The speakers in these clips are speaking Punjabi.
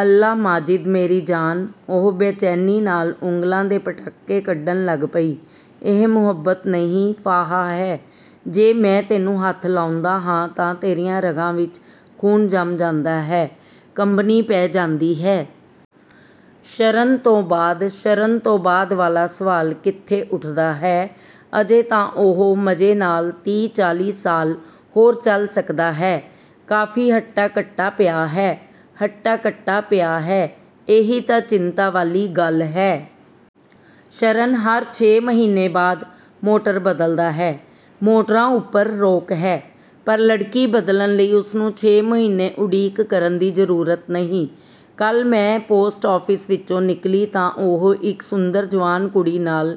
"ਅੱਲਾ, ਮਾਜਿਦ ਮੇਰੀ ਜਾਨ," ਉਹ ਬੇਚੈਨੀ ਨਾਲ ਉਂਗਲਾਂ ਦੇ ਪਟਾਕੇ ਕੱਢਣ ਲੱਗ ਪਈ। "ਇਹ ਮੁਹੱਬਤ ਨਹੀਂ ਫਾਹਾ ਹੈ, ਜੇ ਮੈਂ ਤੈਨੂੰ ਹੱਥ ਲਾਉਂਦਾ ਹਾਂ ਤਾਂ ਤੇਰੀਆਂ ਰਗਾਂ ਵਿੱਚ ਖ਼ੂਨ ਜੰਮ ਜਾਂਦਾ ਹੈ, ਕੰਬਣੀ ਪੈ ਜਾਂਦੀ ਹੈ। ਸ਼ਰਨ ਤੋਂ ਬਾਅਦ" "ਸ਼ਰਨ ਤੋਂ ਬਾਅਦ ਵਾਲਾ ਸਵਾਲ ਕਿੱਥੇ ਉੱਠਦਾ ਹੈ ਅਜੇ ਤਾਂ ਉਹ ਮਜ਼ੇ ਨਾਲ ਤੀਹ-ਚਾਲੀ ਸਾਲ ਹੋਰ ਚੱਲ ਸਕਦਾ ਹੈ, ਕਾਫ਼ੀ ਹੱਟਾ-ਕੱਟਾ ਪਿਆ ਹੈ।" "ਹੱਟਾ-ਕੱਟਾ ਪਿਆ ਹੈ, ਇਹੀ ਤਾਂ ਚਿੰਤਾ ਵਾਲੀ ਗੱਲ ਹੈ। ਸ਼ਰਨ ਹਰ ਛੇ ਮਹੀਨੇ ਬਾਅਦ ਮੋਟਰ ਬਦਲਦਾ ਹੈ। ਮੋਟਰਾਂ ਉੱਪਰ ਰੋਕ ਹੈ, ਪਰ ਲੜਕੀ ਬਦਲਣ ਲਈ ਉਸਨੂੰ ਛੇ ਮਹੀਨੇ ਉਡੀਕ ਕਰਨ ਦੀ ਜ਼ਰੂਰਤ ਨਹੀਂ। ਕੱਲ੍ਹ ਮੈਂ ਪੋਸਟ ਆਫਿਸ ਵਿੱਚੋਂ ਨਿਕਲੀ ਤਾਂ ਉਹ ਇੱਕ ਸੁੰਦਰ ਜਵਾਨ ਕੁੜੀ ਨਾਲ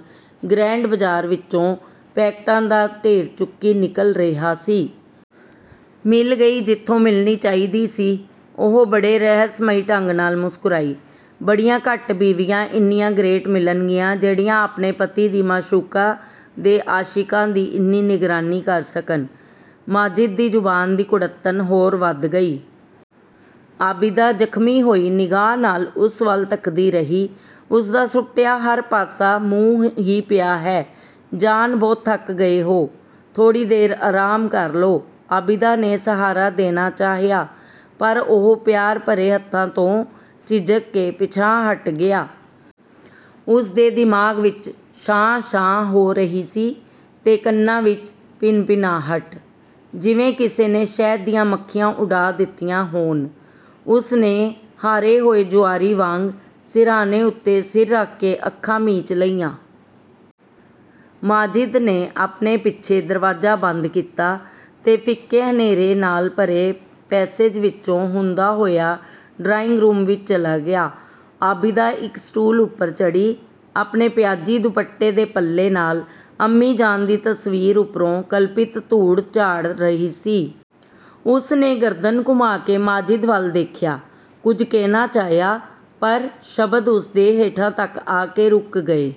ਗਰੈਂਡ ਬਾਜ਼ਾਰ ਵਿੱਚੋਂ ਪੈਕਟਾਂ ਦਾ ਢੇਰ ਚੁੱਕੀ ਨਿਕਲ ਰਿਹਾ ਸੀ। "ਮਿਲ ਗਈ ਜਿੱਥੋਂ ਮਿਲਣੀ ਚਾਹੀਦੀ ਸੀ।" ਉਹ ਬੜੇ ਰਹੱਸਮਈ ਢੰਗ ਨਾਲ ਮੁਸਕਰਾਈ। "ਬੜੀਆਂ ਘੱਟ ਬੀਵੀਆਂ ਇੰਨੀਆਂ ਗਰੇਟ ਮਿਲਣਗੀਆਂ ਜਿਹੜੀਆਂ ਆਪਣੇ ਪਤੀ ਦੀ ਮਾਸ਼ੂਕਾ ਦੇ ਆਸ਼ਿਕਾਂ ਦੀ ਇੰਨੀ ਨਿਗਰਾਨੀ ਕਰ ਸਕਣ।" ਮਾਜਿਦ ਦੀ ਜ਼ੁਬਾਨ ਦੀ ਕੁੜੱਤਣ ਹੋਰ ਵਧ ਗਈ। ਆਬਿਦਾ ਜ਼ਖ਼ਮੀ ਹੋਈ ਨਿਗਾਹ ਨਾਲ ਉਸ ਵੱਲ ਤੱਕਦੀ ਰਹੀ। ਉਸਦਾ ਸੁੱਟਿਆ ਹਰ ਪਾਸਾ ਮੂੰਹ ਹੀ ਪਿਆ ਹੈ। "ਜਾਨ, ਬਹੁਤ ਥੱਕ ਗਏ ਹੋ, ਥੋੜ੍ਹੀ ਦੇਰ ਆਰਾਮ ਕਰ ਲਓ।" ਆਬਿਦਾ ਨੇ ਸਹਾਰਾ ਦੇਣਾ ਚਾਹਿਆ ਪਰ ਉਹ ਪਿਆਰ ਭਰੇ ਹੱਥਾਂ ਤੋਂ ਝਿਜਕ ਕੇ ਪਿੱਛਾਂਹ ਹਟ ਗਿਆ। ਉਸਦੇ ਦਿਮਾਗ਼ ਵਿੱਚ 'ਸ਼ਾਂ-ਸ਼ਾਂ' ਹੋ ਰਹੀ ਸੀ ਤੇ ਕੰਨਾਂ ਵਿੱਚ ਭਿਨਭਿਨਾਹਟ, ਜਿਵੇਂ ਕਿਸੇ ਨੇ ਸ਼ਹਿਦ ਦੀਆਂ ਮੱਖੀਆਂ ਉਡਾ ਦਿੱਤੀਆਂ ਹੋਣ। ਉਸਨੇ ਹਾਰੇ ਹੋਏ ਜੁਆਰੀ ਵਾਂਗ ਸਿਰਹਾਣੇ ਉੱਤੇ ਸਿਰ ਰੱਖ ਕੇ ਅੱਖਾਂ ਮੀਚ ਲਈਆਂ। ਮਾਜਿਦ ਨੇ ਆਪਣੇ ਪਿੱਛੇ ਦਰਵਾਜ਼ਾ ਬੰਦ ਕੀਤਾ ਤੇ ਫਿੱਕੇ-ਹਨੇਰੇ ਨਾਲ ਭਰੇ ਪੈਸੇਜ ਵਿੱਚੋਂ ਹੁੰਦਾ ਹੋਇਆ ਡਰਾਇੰਗ-ਰੂਮ ਵਿੱਚ ਚਲਾ ਗਿਆ। ਆਬਿਦਾ ਇੱਕ ਸਟੂਲ ਉੱਪਰ ਚੜ੍ਹੀ, ਆਪਣੇ ਪਿਆਜ਼ੀ ਦੁਪੱਟੇ ਦੇ ਪੱਲੇ ਨਾਲ, ਅੰਮੀ ਜਾਨ ਦੀ ਤਸਵੀਰ ਉੱਪਰੋਂ ਕਲਪਿਤ ਧੂੜ ਝਾੜ ਰਹੀ ਸੀ। ਉਸਨੇ ਗਰਦਨ ਘੁਮਾ ਕੇ ਮਾਜਿਦ ਵੱਲ ਦੇਖਿਆ। ਕੁਝ ਕਹਿਣਾ ਚਾਹਿਆ ਪਰ ਸ਼ਬਦ ਉਸਦੇ ਹੋਠਾਂ ਤੱਕ ਆ ਕੇ ਰੁਕ ਗਏ।